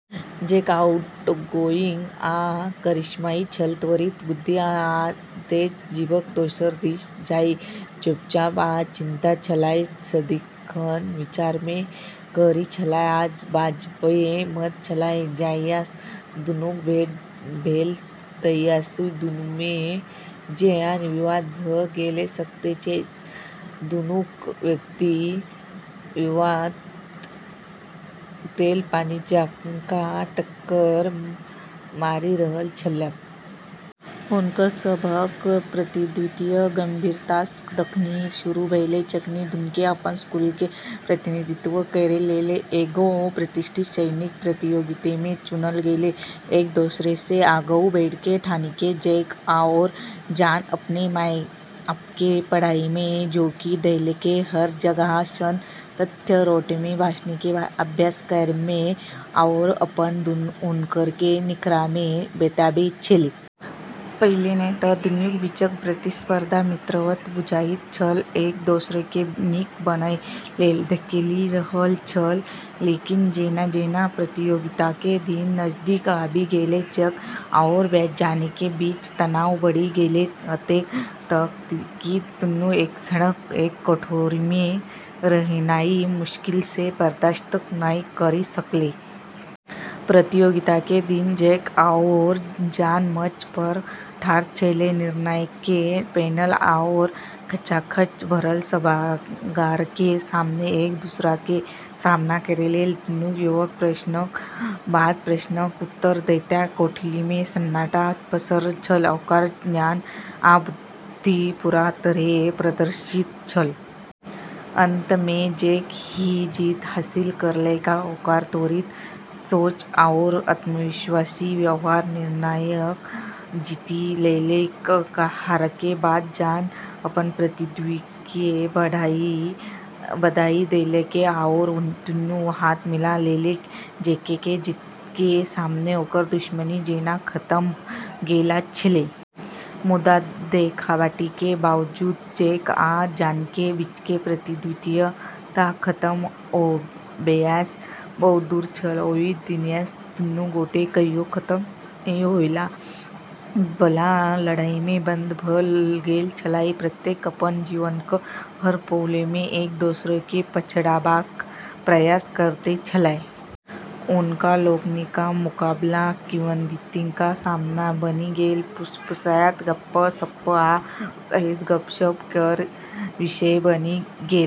Jack outgoing आ करिश्माई छल, त्वरित बुद्धि आ तेज जीभक। दोसर दिस जॉन चुपचाप आ चिंतित छलाह, सदिखन विचारमे गहीँर छलाह आ बाजबामे मंद छलाह । जहियासँ दुनूक भेँट भेल तहियासँ दुनूमे जेना विवाद भ' गेल छलैक, दुनूक व्यक्तित्व तेल-पानि जकाँ टक्कर मारि रहल छलैक। हुनकर सबहक प्रतिद्वंद्विता गंभीरतासँ तखनि शुरू भेलै जखनि दुन्नुके अपन स्कूलके प्रतिनिधित्व करै लेल एगो प्रतिष्ठित शैक्षणिक प्रतियोगितामे चुनल गेलै। एक-दोसरसँ आगू बढ़ैके ठानिके जैक आओर जॉन अपने आपके पढ़ाइमे झोंकि देलकै, हर जागल क्षण तथ्य रटैमे, भाषणके अभ्यास करैमे आओर अपन हुनरके निखारैमे बिताबै छलै। पहिने त' दुन्नूक बीचक प्रतिस्पर्धा मित्रवत बुझाइत छल, एक-दोसरकेँ नीक बनय लेल धकेलि रहल छल। लेकिन जेना-जेना प्रतियोगिताके दिन नजदीक आबि गेलै, जैक आओर जॉनके बीच तनाव बढ़ि गेलै, अतेक तक कि दुन्नू एक सङ्ग एक कोठरीमे रहनाइ मुश्किलसँ बर्दाश्त नै करि सकलै। प्रतियोगिताके दिन जैक आओर जॉन मंच पर ठार छलै, निर्णायकके पैनल आओर खचाखच भरल सभागारके सामने एक-दूसराके सामना करै लेल । दुन्नू युवक प्रश्नक बाद प्रश्नक उत्तर दैत कोठलीमे सन्नाटा पसरल छल, ओकर ज्ञान आ बुद्धि पूरा तरहेँ प्रदर्शित छल। अंतमे जैक ही जीत हासिल करलकै, ओकर त्वरित सोच आओर आत्मविश्वासी व्यवहार निर्णायकके जीति लेलकै। हारके बाद जॉन अपन प्रतिद्वंदीके बधाई देलकै आओर दुन्नू हाथ मिला लेलकै, जैकके जीतके सामने ओकर दुश्मनी जेना खतम भ' गेल छलै। मुदा देखाबटीके बावजूद जैक आ जॉनके बीचके प्रतिद्वंद्विता खत्म होबयसँ बहुत दूर छल । ओहि दिनसँ दुन्नू गोटे कहियो खत्म नहि होमय बला लड़ाईमे बंद भ' गेल छलाह, प्रत्येक अपन जीवनक हर पहलूमे एक दोसराकेँ पछाड़बाक प्रयास करैत छलाह । हुनका लोकनिक मुकाबला किंवदंतीक सामान बनि गेल, फुसफुसाइत गप्प-सप्प आ उत्साहित गपशप केर विषय बनि गेल।